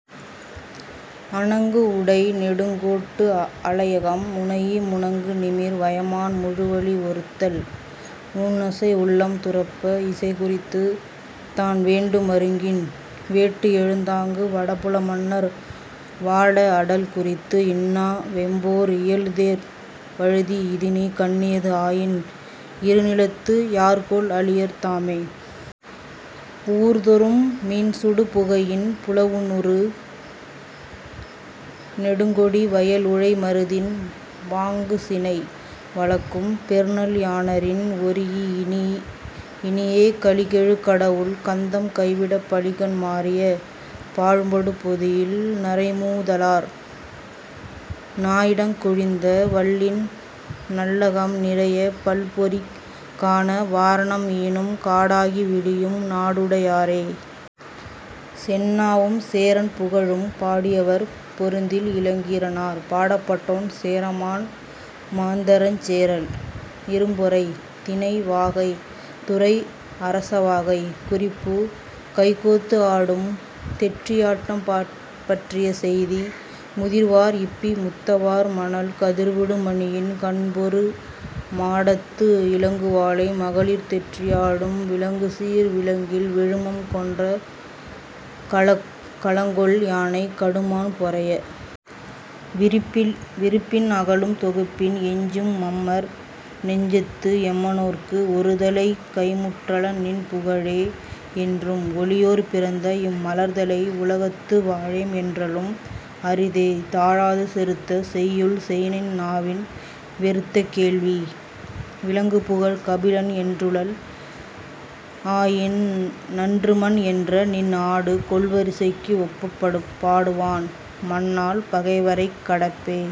அணங்கு உடை நெடுங்கோட்டு அளையகம் முனைஇ, முணங்கு நிமிர் வயமான் முழுவலி ஒருத்தல், ஊன்நசை உள்ளம் துரப்ப, இசை குறித்துத் தான் வேண்டு மருங்கின் வேட்டுஎழுந் தாங்கு, வடபுல மன்னர் வாட, அடல் குறித்து, இன்னா வெம்போர் இயல்தேர் வழுதி! இதுநீ கண்ணியது ஆயின், இரு நிலத்து யார்கொல் அளியர் தாமே? ஊர்தொறும் மீன்சுடு புகையின் புலவுநூறு நெடுங் கொடி வயல்உழை மருதின் வாங்குசினை வலக்கும், பெருநல் யாணரின் ஒரீஇ, இனியே கலி கெழு கடவுள் கந்தம் கைவிடப் பலிகண் மாறிய பாழ்படு பொதியில், நரைமூ தாளர் நாயிடக் குழிந்த வல்லின் நல்லகம் நிறையப், பல்பொறிக் கான வாரணம் ஈனும் காடாகி விளியும் நாடுடை யாரே!. செந்நாவும் சேரன் புகழும்! பாடியவர்: பொருந்தில் இளங்கீரனார். பாடப்பட்டோன்: சேரமான் மாந்தரஞ்சேரல் இரும்பொறை. திணை: வாகை. துறை: அரசவாகை. குறிப்பு: கைகோத்து ஆடும் தெற்றி யாட்டம் பற்றிய செய்தி. முதிர்வார் இப்பி முத்த வார் மணல், கதிர்விடு மணியின் கண்பொரு மாடத்து, இலங்கு வாளை மகளிர் தெற்றி ஆடும் விளங்கு சீர் விளங்கில் விழுமம் கொன்ற களங்கொள் யானைக், கடுமான், பொறைய! விரிப்பின் அகலும்; தொகுப்பின் எஞ்சும்; மம்மர் நெஞ்சத்து எம்மனோர்க்கு ஒருதலை கைம்முற் றலநின் புகழே, என்றும்; ஒளியோர் பிறந்தஇம் மலர்தலை உலகத்து வாழேம் என்றலும் அரிதே; 'தாழாது செறுத்த செய்யுள் செய்செந் நாவின், வெறுத்த கேள்வி, விளங்குபுகழ்க் கபிலன் என்றுளன் ஆயின், நன்றுமன், என்ற நின் ஆடு கொள் வரிசைக்கு ஒப்பப் பாடுவான் மன்னால், பகைவரைக் கடப்பே..